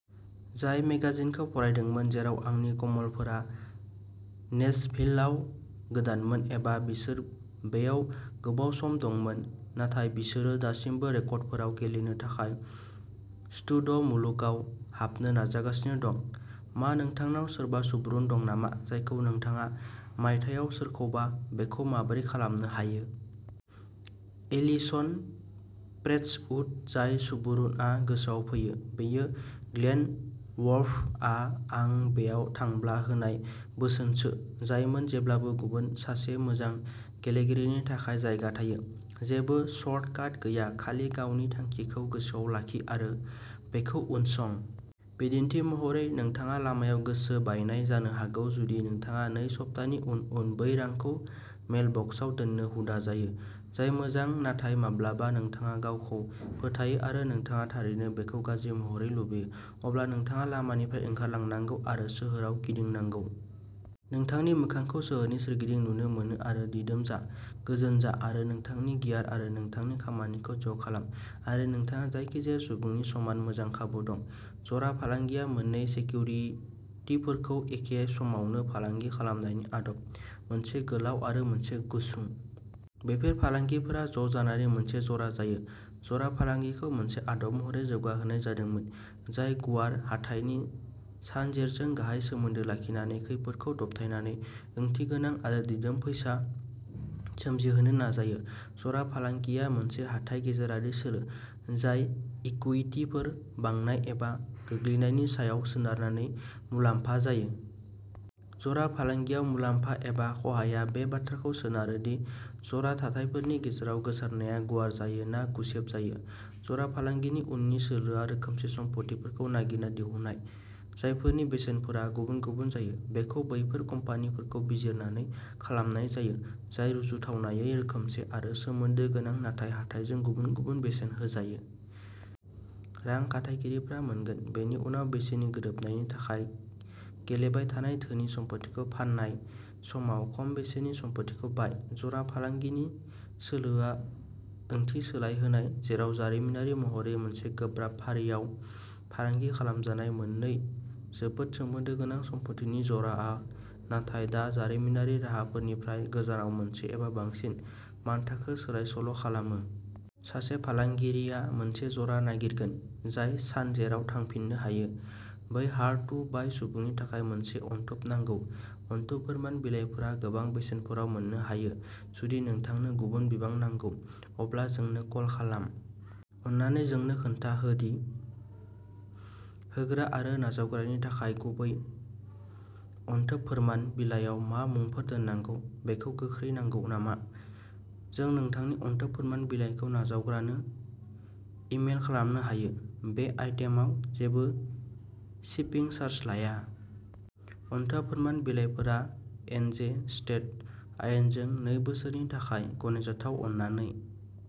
जाय मेगाजिनखौ फरायदोंमोन, जेराव आंनि कमलफोरा नेसभिलआव गोदानमोन एबा बिसोर बेयाव गोबाव सम दंमोन, नाथाय बिसोरो दासिमबो रेकर्डफोराव गेलेनो थाखाय स्टुड'मुलुगाव हाबनो नाजागासिनो दं। मा नोंथांनाव सोरबा सुबुरुन दं नामा, जायखौ नोंथाङा मायथाइयाव सोरखौबा बेखौ माबोरै खालामनो हायो? एलिसन प्रेस्टउड जाय सुबुरुनआ गोसोआव फैयो, बेयो ग्लेन वर्फआ आं बेयाव थांब्ला होनाय बोसोनसो, जायमोन जेब्लाबो गुबुन सासे मोजां गेलेगिरिनि थाखाय जायगा थायो। जेबो सर्टकाट गैया खालि गावनि थांखिखौ गोसोआव लाखि आरो बेखौ उनसं। बिदिन्थि महरै, नोंथाङा लामायाव गोसो बायनाय जानो हागौ जुदि नोंथाङा नै सप्तानि उन उन बै रांखौ मेल बक्सआव दोननो हुदा जायो, जाय मोजां नाथाय माब्लाबा नोंथाङा गावखौ फोथायो आरो नोंथाङा थारैनो बेखौ गाज्रि महरै लुबैयो, अब्ला नोंथाङा लामानिफ्राय ओंखारलांनांगौ आरो सोहोराव गिदिंनांगौ। नोंथांनि मोखांखौ सोहोरनि सोरगिदिं नुनो मोनो आरो दिदोम जा, गोजोन जा आरो नोंथांनि गियार आरो नोंथांनि खामानिखौ ज' खालाम आरो नोंथांहा जायखिजाया सुबुंनि समान मोजां खाबु दं। जरा फालांगिआ मोननै सेकिउरिटिफोरखौ एखे समावनो फालांगि खालामनायनि आदब, मोनसे गोलाव आरो मोनसे गुसुं। बेफोर फालांगिफोरा ज' जानानै मोनसे जरा जायो। जरा फालांगिखौ मोनसे आदब महरै जौगाहोनाय जादोंमोन जाय गुवार हाथाइनि सानजेरजों गाहाय सोमोन्दो लाखिनानै खैफोदखौ दबथायनानै ओंथिगोनां आरो दिदोम फैसा सोमजिहोनो नाजायो। जरा फालांगिआ मोनसे हाथाइ गेजेरारि सोलो, जाय इकुइटिफोर बांनाय एबा गोग्लैनायनि सायाव सोनारनानै मुलाम्फा जायो। जरा फालांगियाव मुलाम्फा एबा खहाया बे बाथ्राखौ सोनारो दि जरा थाथायफोरनि गेजेराव गोसारनाया गुवार जायो ना गुसेब जायो। जरा फालांगिनि उननि सोलोआ रोखोमसे सम्फथिफोरखौ नागिरना दिहुननाय, जायफोरनि बेसेनफोरा गुबुन-गुबुन जायो। बेखौ बैफोर कम्पानिफोरखौ बिजिरनानै खालामनाय जायो, जाय रुजुथावनायै रोखोमसे आरो सोमोन्दो गोनां नाथाय हाथाइजों गुबुन-गुबुन बेसेन होजायो। रां खाथायगिरिफोरा मोनगोन। बेनि उनाव बेसेननि गोरोबनायनि थाखाय गेलेबाय थानाय धोनि सम्फथिखौ फान्नाय समाव खम बेसेननि सम्फथिखौ बाय। जरा फालांगिनि सोलोआ ओंथि सोलायहोनाय। जेराव जारिमिनारि महरै मोनसे गोब्राब फारियाव फालांगि खालामजानाय मोननै जोबोद सोमोन्दो गोनां सम्फथिनि जराआ नाथाय दा जारिमिनारि राहाफोरनिफ्राय गोजानाव मोनसे एबा बांसिन मानथाखो सोलायसोल'खालामो। सासे फालांगिरिया मोनसे जरा नागिरगोन जाय सानजेराव थांफिननो हायो। बै हार्ड टु बाय' सुबुंनि थाखाय मोनसे अनथोब नांगौ? अनथोब फोरमान बिलाइफोरा गोबां बेसेनफोराव मोननो हायो जुदि नोंथांनो गुबुन बिबां नांगौ, अब्ला जोंनो कल खालाम। अननानै जोंनो खोन्था हो दि होग्रा आरो नाजावग्रानि थाखाय गुबै अनथोब फोरमान बिलाइयाव मा मुंफोर दोननांगौ। बेखौ गोख्रै नांगौ नामा? जों नोंथांनि अनथोब फोरमान बिलाइखौ नाजावग्रानो इमेल खालामनो हायो। बे आइटेमआव जेबो शिपिं चार्ज लाया। अनथोब फोरमान बिलाइफोरा एनजे स्टेट आयेनजों नै बोसोरनि थाखाय गनायजाथाव अननानै।